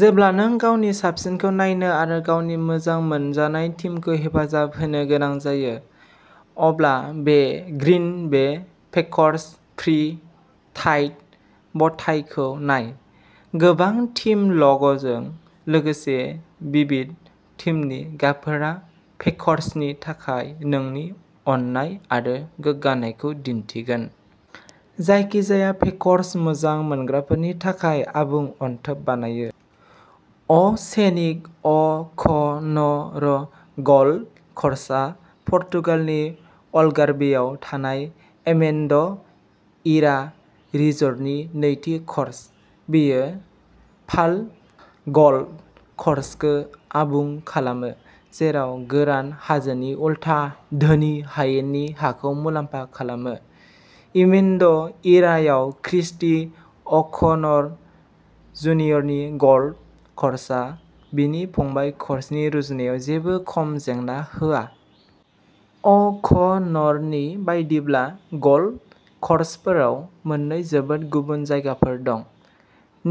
जेब्ला नों गावनि साबसिनखौ नायनो आरो गावनि मोजां मोनजानाय टीमखौ हेफाजाब होनो गोनां जायो, अब्ला बे Green Bay peckers pre Tide ब'टाइखौ नाय। गोबां टीम ल'ग'जों लोगोसे भिभिड टीमनि गाबफोरा पेकर्सनि थाखाय नोंनि अननाय आरो गोग्गानायखौ दिन्थिगोन। जायखिजाया पेकर्स मोजां मोनग्राफोरनि थाखाय आबुं अनथोब बानायो! अ'सेनिक'अ'क'न'र गल्फ क'र्सआ पर्तुगालनि अल्गार्वेआव थानाय एमेन्ड'इरा रिजर्टनि नैथि क'र्स। बेयो फाल्ड'गल्फ क'र्सखौ आबुं खालामो, जेराव गोरान हाजोनि उलथा धोनि हायेननि हाखौ मुलाम्फा खालामो। एमेन्ड'इरायाव क्रिस्टी अ'क'न'र जुनियरनि गल्फ क'र्सआ बिनि फंबाय क'र्सनि रुजुनायाव जेबो खम जेंना होआ। अ'क'न'रनि बायदिब्ला, गल्फ क'र्सफोराव "मोननै जोबोद गुबुन जायगाफोर दं,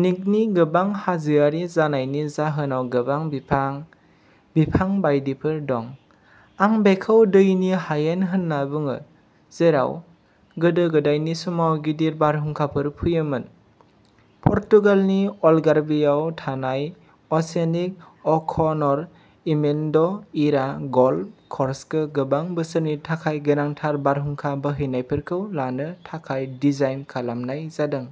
निकनि गोबां हाजोआरि जानायनि जाहोनाव गोबां बिफां, बिफां बायदिफोर दं। आं बेखौ दैनि हायेन होनना बुङो, जेराव गोदो गोदायनि समाव गिदिर बारहुंखाफोर फैयोमोन।" पर्तुगालनि अल्गार्वेआव थानाय अ'सेनिक'अ'क'न'र एमेन्ड'इरा गल्फ क'र्सखौ गोबां बोसोरनि थाखाय गोनांथार बारहुंखा बोहैनायफोरखौ लानो थाखाय डिजाइन खालामनाय जादों।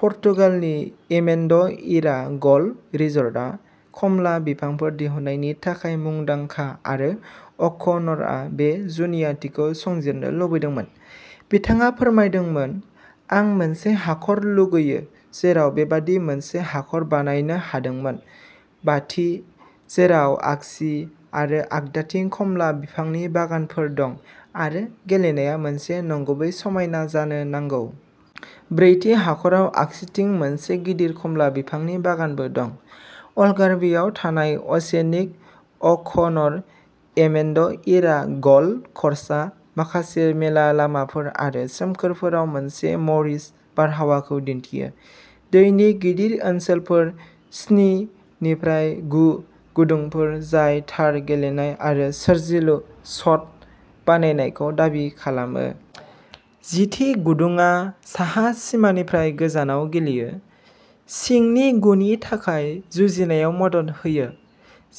पर्तुगालनि एमेन्ड'इरा गल रिजर्टआ खमला बिफांफोर दिहुननायनि थाखाय मुंदांखा आरो अ'क'न'रआ बे जुनियाथिखौ संजिरनो लुबैदोंमोन। बिथाङा फोरमायदोंमोन "आं मोनसे हाखर लुगैयो जेराव बेबादि मोनसे हाखर बानायनो हादोंमोन, बाथि, जेराव आगसि आरो आगदाथिं खमला बिफांनि बागानफोर दं आरो गेलेनाया मोनसे नंगुबै समायना जानो नांगौ। ब्रैथि हाखराव आगसिथिं मोनसे गिदिर खमला बिफांनि बागानबो दं। "अल्गार्वेआव थानाय अ'सेनिक'अ'क'न'र एमेन्ड'इरा गल क'र्सआ माखासे मेला लामाफोर आरो सोमखोरफोराव मोनसे म'रिश बारहावाखौ दिन्थियो, दैनि गिदिर ओनसोलफोर स्नि निफ्राय गु गुदुंफोर जाय थार गेलेनाय आरो सोरजिलु शट बानायनायखौ दाबि खालामो। जिथि गुदुंआ साहा सिमानिफ्राय गोजानाव गेलेयो, सिंनि गुनि थाखाय जुजिनायाव मदद होयो।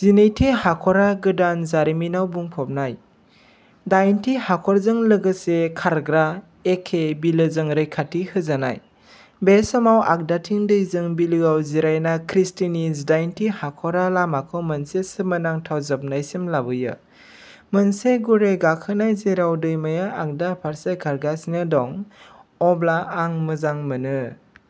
जिनैथि हाखरआ गोदान जारिमिनाव बुंफबनाय, दाइनथि हाखरजों लोगोसे खारग्रा एखे बिलोजों रैखाथि होजानाय, बे समाव आगदाथिं दैजों बिलोआव जिरायना क्रिस्टीनि जिदाइनथि हाखरआ लामाखौ मोनसे सोमोनांथाव जोबनायसिम लाबोयो, मोनसे गुरै गाखोनाय जेराव दैमाया आगदा फारसे खारगासिनो दं। अब्ला आं मोजां मोनो।